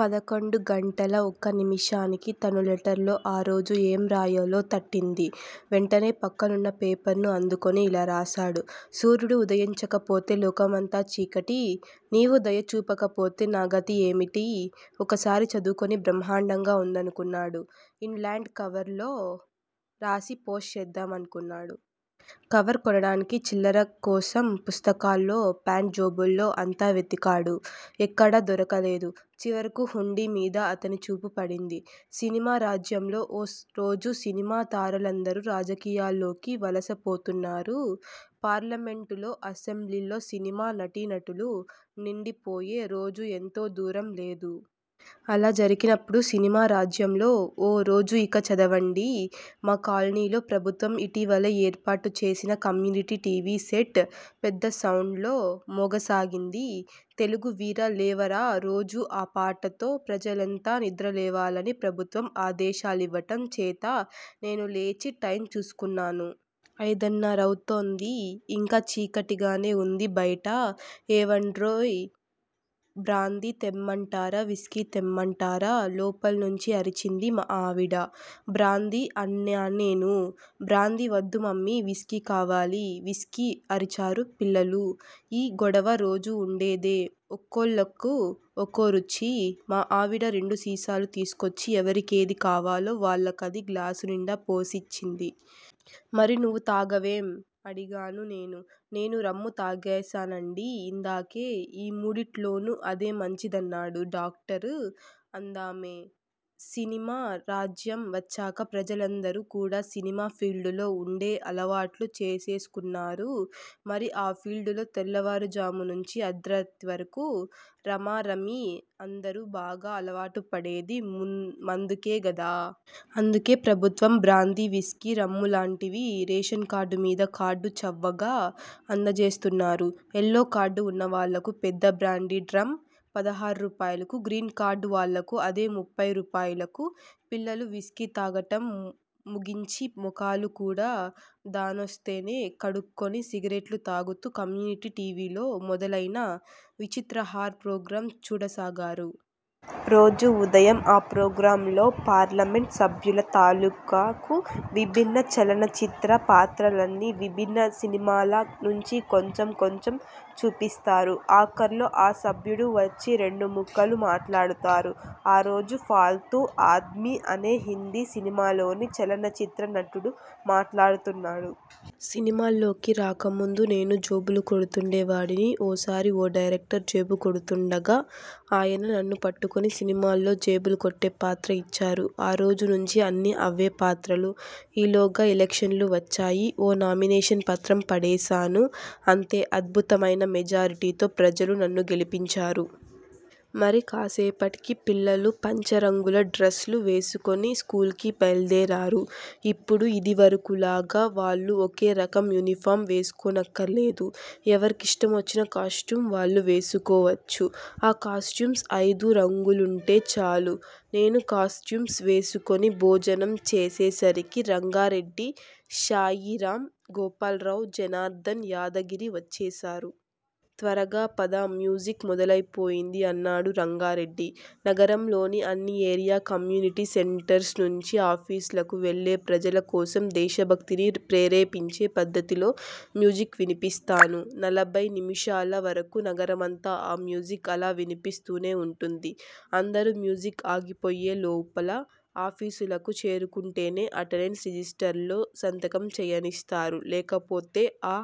పదకొండు గంటలా ఒక్క నిమిషానికి తను లెటర్ లో ఆరోజు ఏం రాయాలో తట్టింది. వెంటనే పక్కనున్న పేపర్ ను అందుకుని ఇలా రాశాడు. సూర్యుడు వుదయించకపోతే లోకమంతా చీకటి. నీవు దయ చూపకపోతే నాగతి ఏమిటి ఒకసారి చదువుకుని బ్రహ్మాండంగా ఉందనుకున్నాడు. ఇన్ లాండ్ కవర్ లో రాసి పోస్టు చేద్దామనుకున్నాడు. కవర్ కొనడానికి చిల్లర కోసం పుస్తకాల్లో ఫ్యాంట్ జేబుల్లో అంతా వెదికాడు. ఎక్కడా దొరకలేదు. చివరకు హుండీ మీద అతని చూపు పడింది. సినిమా రాజ్యంలో ఓ రోజు సినిమా తారలందరూ రాజకీయాల్లోకి వలస పోతున్నారు. పార్లమెంటులో అసెంబ్లీల్లో సినిమా నటీనటులు నిండిపోయే రోజు ఎంతో దూరంలేదు. అలా జరిగినప్పుడు సినిమా రాజ్యంలో, ఓ రోజు ఇక చదవండి. మా కాలనీలో ప్రభుత్వం ఇటీవలే ఏర్పాటు చేసిన కమ్యూనిటీ టీవీ సెట్ పెద్ద సౌండ్ లో మోగసాగింది. తెలుగు వీర లేవరా రోజూ ఆ పాటతో ప్రజలంతా నిద్రలేవాలని ప్రభుత్వం ఆదేశాలివ్వటం చేత నేను లేచి టైమ్ చూసుకున్నాను. అయిదున్నరవుతోంది. ఇంకా చీకటిగానే ఉంది బయట. ఏవండోయ్ బ్రాందీ తెమ్మంటారా, విస్కీ తెమ్మంటారా? లోపల్నుంచి అరచింది మా ఆవిడ. బ్రాందీ! అన్నాన్నేను. బ్రాందీ వద్దు మమ్మీ! విస్కీ కావాలి! విస్కీ- అరచారు పిల్లలు. ఈ గొడవ రోజూ ఉండేదే! ఒకోళ్ళకూ ఒకోరుచి. మా ఆవిడ రెండు సీసాలు తీసుకొచ్చి ఎవరికేది కావాలో వాళ్ళకది గ్లాసునిండా పోసి ఇచ్చింది. మరి నువ్వు తాగవేం? అడిగాను నేను. నేను రమ్ము తాగేశానండీ ఇందాకే! ఈ మూడింట్లోనూ అదే మంచిదన్నాడు డాక్టరు అందామె. సినిమా రాజ్యం వచ్చాక ప్రజలందరూ కూడా సినిమా ఫీల్డులో ఉండే అలవాట్లు చేసేసుకున్నారు. మరి ఆ ఫీల్డులో తెల్లవారుజాము నుంచీ అర్థరాత్రి వరకూ రమారమి అందరూ బాగా అలవాటుపడేది మందుకే గదా! అందుకే ప్రభుత్వం బ్రాందీ, విస్కీ, రమ్ములాంటివి రేషన్ కార్డుమీద కారు చవగ్గా అందజేస్తున్నారు. ఎల్లో కార్డు ఉన్న వాళ్ళకు పెద్ద బ్రాందీ డ్రమ్ పదహార్రూపాయలు! గ్రీన్ కార్డు వాళ్ళకు అదే ముప్పయ్ రూపాయలు. పిల్లలు విస్కీ తాగటం ముగించి మొఖాలు కూడా దాన్తోనే కడుక్కొని సిగరెట్లు తాగుతూ కమ్యూనిటీ టీవీలో మొదలయిన విచిత్రహార్ ప్రోగ్రాం చూడసాగారు. రోజూ ఉదయం ఆ ప్రోగ్రామ్ లో పార్లమెంట్ సభ్యుల తాలూకు విభిన్న చలనచిత్ర పాత్రల్ని- విభిన్న సినిమాల నుంచి కొంచెం కొంచెం చూపిస్తారు. ఆఖర్లో ఆ సభ్యుడు వచ్చి రెండు ముక్కలు మాట్లాడతారు. ఆ రోజు ఫాల్తూ ఆద్మీ అనే హిందీ సినిమాలోని చలనచిత్ర నటుడు మాట్లాడుతున్నాడు. సినిమాల్లోకి రాకముందు నేను జేబులు కొడుతూండే వాడిని! ఓసారి ఓ డైరెక్టర్ జేబు కొడుతూండగా ఆయన నన్ను పట్టుకుని సినిమాల్లో జేబులుకొట్టే పాత్ర ఇచ్చారు. ఆ రోజు నుంచీ అన్నీ అవే పాత్రలు. ఈలోగా ఎలక్షన్లు వచ్చాయ్. ఓ నామినేషన్ పత్రం పడేశాను. అంతే అద్భుతమయిన మెజారిటీతో ప్రజలు నన్ను గెలిపించారు! మరి కాసేపటికి పిల్లలు పంచరంగుల డ్రస్ లు వేసుకుని స్కూల్ కి బయల్దేరారు. ఇప్పుడు ఇదివరకులాగా వాళ్ళు ఒకే రకం యూనిఫారం వేసుకోనక్కర్లేదు. ఎవరిష్టమొచ్చినా కాస్టూమ్స్ వాళ్ళు వేసుకోవచ్చు. ఆ కాస్టూమ్స్ అయిదు రంగులుంటే చాలు. నేనూ కాస్టూమ్స్ వేసుకుని భోజనం చేసేసరికి రంగారెడ్డి శాయిరామ్, గోపాల్రావ్, జనార్ధన్, యాదగిరి వచ్చేశారు. త్వరగా పద మ్యూజిక్ మొదలయిపోయింది అన్నాడు రంగారెడ్డి. నగరంలోని అన్ని ఏరియా కమ్యూనిటీ సెంటర్స్ నుంచీ ఆఫీసులకు వెళ్ళే ప్రజల కోసం దేశభక్తిని ప్రేరేపించే పద్ధతిలో మ్యూజిక్ వినిపిస్తారు. నలభై నిముషాల వరకు నగరమంతా ఆ మ్యూజిక్ అలా వినిపిస్తూనే ఉంటుంది. అందరూ మ్యూజిక్ ఆగిపోయే లోపల ఆఫీసులకు చేరుకుంటేనే అటెండెన్స్ రిజిష్టర్ లో సంతకం చేయనిస్తారు. లేకపోతే ఆ